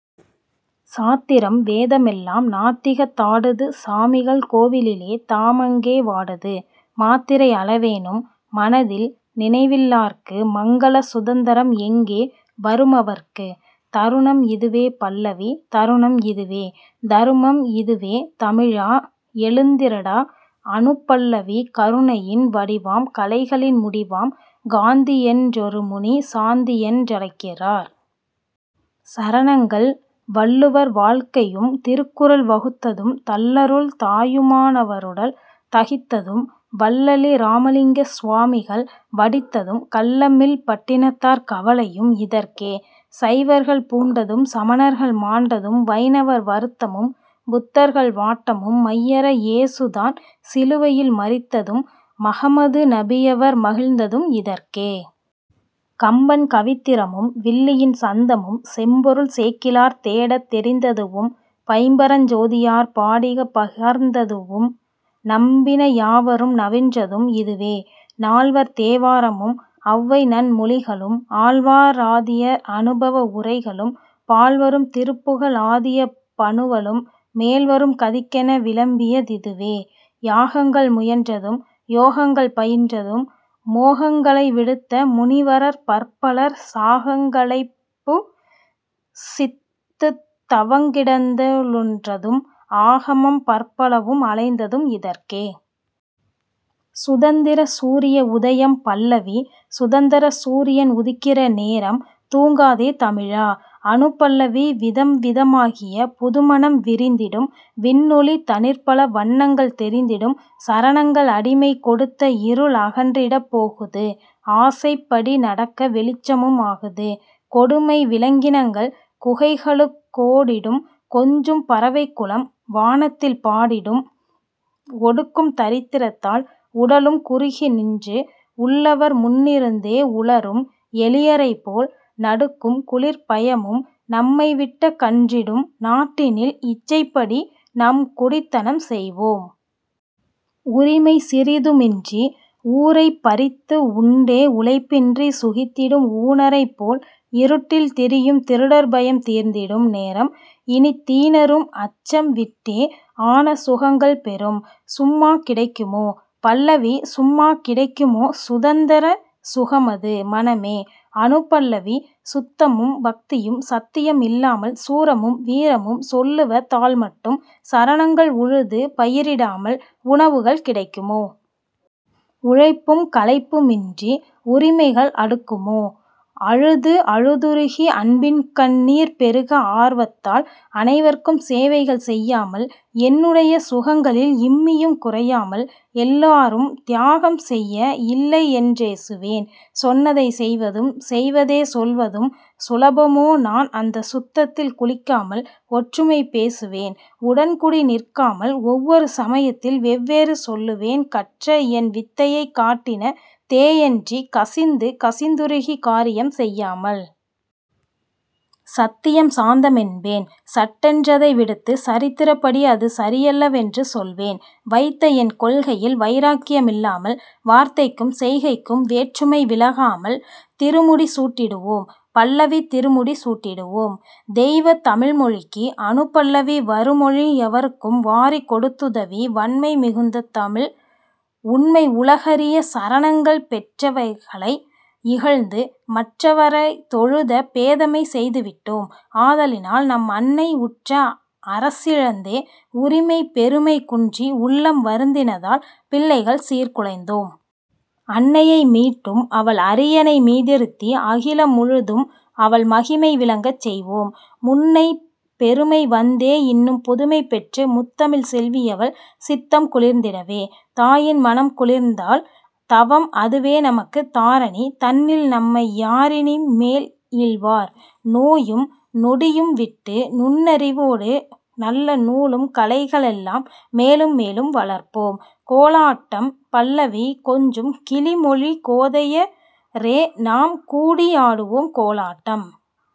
சாத்திரம் வேதமெல்லாம் நாத்திகத் தாடுது சாமிகள் கோவிலிலே தாமங்கே வாடுது மாத்திரை அளவேனும் மனதில் நினைவில்லார்க்கு மங்கள சுதந்தரம் எங்கே வருமவர்க்கு?. தருணம் இதுவே பல்லவி தருணம் இதுவே, தருமம் இதுவே, தமிழா! எழுந்திரடா. அநுபல்லவி கருணையின் வடிவாம் கலைகளின் முடிவாம் காந்தியென் றொருமுனி 'சாந்தி'யென் றழைக்கிறார். சரணங்கள் வள்ளுவர் வாழ்க்கையும் திருக்குறள் வகுத்ததும் தள்ளருள் தாயுமா னவருடல் தகித்ததும் வள்ளலி ராமலிங்க சுவாமிகள் வடித்ததும் கள்ளமில் பட்டினத்தார் கவலையும் இதற்கே. சைவர்கள் பூண்டதும் சமணர்கள் மாண்டதும் வைணவர் வருத்தமும் புத்தர்கள் வாட்டமும் மையற ஏசுதான் சிலுவையில் மரித்ததும் மஹம்மது நபியவர் மகிழ்ந்ததும் இதற்கே. கம்பன் கவித்திறமும் வில்லியின் சந்தமும் செம்பொருள் சேக்கிழார் தேடத் தெரிந்ததுவும் பைம்பரஞ் சோதியார் பாடிகப் பகர்ந்ததுவும் நம்பின யாவரும் நவின்றதும் இதுவே. நால்வர் தேவாரமும் ஔவைநன் மொழிகளும் ஆழ்வா ராதியர் அனுபவ உரைகளும் பால்வரும் திருப்புகழ் ஆதிய பனுவலும் மேல்வரும் கதிக்கென விளம்பிய திதுவே. யாகங்கள் முயன்றதும் யோகங்கள் பயின்றதும் மோகங்க ளைவிடுத்த முனிவரர் பற்பலர் சாகங்க ளைப்புசித்துத் தவங்கிடந் துழன்றதும் ஆகமம் பற்பலவும் அலைந்ததும் இதற்கே.. சுதந்தரச் சூரிய உதயம் பல்லவி சுதந்தரச் சூரியன் உதிக்கிற நேரம் தூங்காதே தமிழா! அநுபல்லவி விதம்வித மாகிய புதுமணம் விரிந்திடும் விண்ணொளி தனிற்பல வண்ணங்கள் தெரிந்திடும் சரணங்கள் அடிமை கொடுத்தஇருள் அகன்றிடப் போகுது ஆசைப்ப டிநடக்க வெளிச்சமும் ஆகுது கொடுமை விலங்கினங்கள் குகைகளுக் கோடிடும் கொஞ்சும் பறவைக்குலம் வானத்தில் பாடிடும் ஒடுக்கும் தரித்திரத்தால் உடலும் குறுகிநின்று உள்ளவர் முன்னிருந்தே உளறும் எளியரைப்போல் நடுக்கும் குளிர்ப்பயமும் நம்மைவிட்டகன்றிடும் நாட்டினில் இச்சைப்படி நம்குடித் தனம்செய்வோம். உரிமை சிறிதுமின்றி ஊரைப்ப றித்துஉண்டே உழைப்பின்றிச் சுகித்திடும் ஊனரைப் போல்இருட்டில் திரியும் திருடர்பயம் தீர்ந்திடும் நேரம்இனித் தீனரும் அச்சம்விட்டே ஆன சுகங்கள்பெறும்.. சும்மா கிடைக்குமோ? பல்லவி சும்மா கிடைக்குமோ சுதந்தர சுகமது--மனமே! அநுபல்லவி சுத்தமும் பக்தியும் சத்தியம் இல்லாமல் சூரமும் வீரமும் சொல்லுவ தால்மட்டும் சரணங்கள் உழுது பயிரிடாமல் உணவுகள் கிடைக்குமோ? உழைப்பும் களைப்புமின்றி உரிமைகள் அடுக்குமோ? அழுது அழுதுருகி அன்பின்கண் ணீர்பெருக ஆர்வத்தால் அனைவர்க்கும் சேவைகள் செய்யாமல். என்னுடைச் சுகங்களில் இம்மியும் குறையாமல் எல்லாரும் தியாகம்செய்ய இல்லையென் றேசுவேன் 'சொன்னதைச் செய்வதும் செய்வதே சொல்வதும்' சுலபமோ நான் அந்தச் சுத்தத்தில் குளிக்காமல். ஒற்றுமை பேசுவேன் உடன்கூடி நிற்காமல் ஒவ்வொரு சமயத்தில் வெவ்வேறு சொல்லுவேன் கற்றஎன் வித்தையை காட்டின தேயன்றிக் கசிந்து கசிந்துருகிக் காரியம் செய்யாமல். சத்தியம் சாந்தமென்பேன் சட்டென் றதைவிடுத்துச் சரித்திரப் படிஅது சரியல்ல வென்றுசொல்வேன் வைத்தஎன் கொள்கையில் வைராக்ய மில்லாமல் வார்த்தைக்கும் செய்கைக்கும் வேற்றுமை விலகாமல். திருமுடி சூட்டிடுவோம் பல்லவி திருமுடி சூட்டிடுவோம்--தெய்வத் தழிழ்மொழிக்கு! அநுபல்லவி வருமொழி எவருக்கும் வாரிக் கொடுத்துதவி வண்மை மிகுந்ததமிழ் உண்மை உலகறிய சரணங்கள் பெற்றவ ளைஇகழ்ந்து மற்றவ ரைத்தொழுத பேதைமை செய்துவிட்டோம் ஆதலினால் நம்அன்னை உற்ற அரசிழந்தே உரிமை பெருமை குன்றி உள்ளம் வருந்தினதால் பிள்ளைகள் சீர்குலைந்தோம்! அன்னையை மீட்டும்அவள் அரியணை மீதிருத்தி அகிலம் முழுதும்அவள் மகிமை விளங்கச்செய்வோம்! முன்னைப் பெருமைவந்தே இன்னும் புதுமைபெற்று முத்தமிழ்ச் செல்வியவள் சித்தம் குளிர்ந்திடவே! தாயின் மனம்குளிர்ந்தால் தவம்அது வேநமக்கு தாரணி தன்னில்நம்மை யாரினி மேல்இழ்வார்? நோயும் நொடியும்விட்டு நுண்ணறி வோடுநல்ல நூலும் கலைகளெல்லாம் மேலும்மேலும் வளர்ப்போம்.. கோலாட்டாம் பல்லவி கொஞ்சும் கிளிமொழிக் கோதைய ரேநாம் கூடி யாடுவோம் கோலாட்டம்.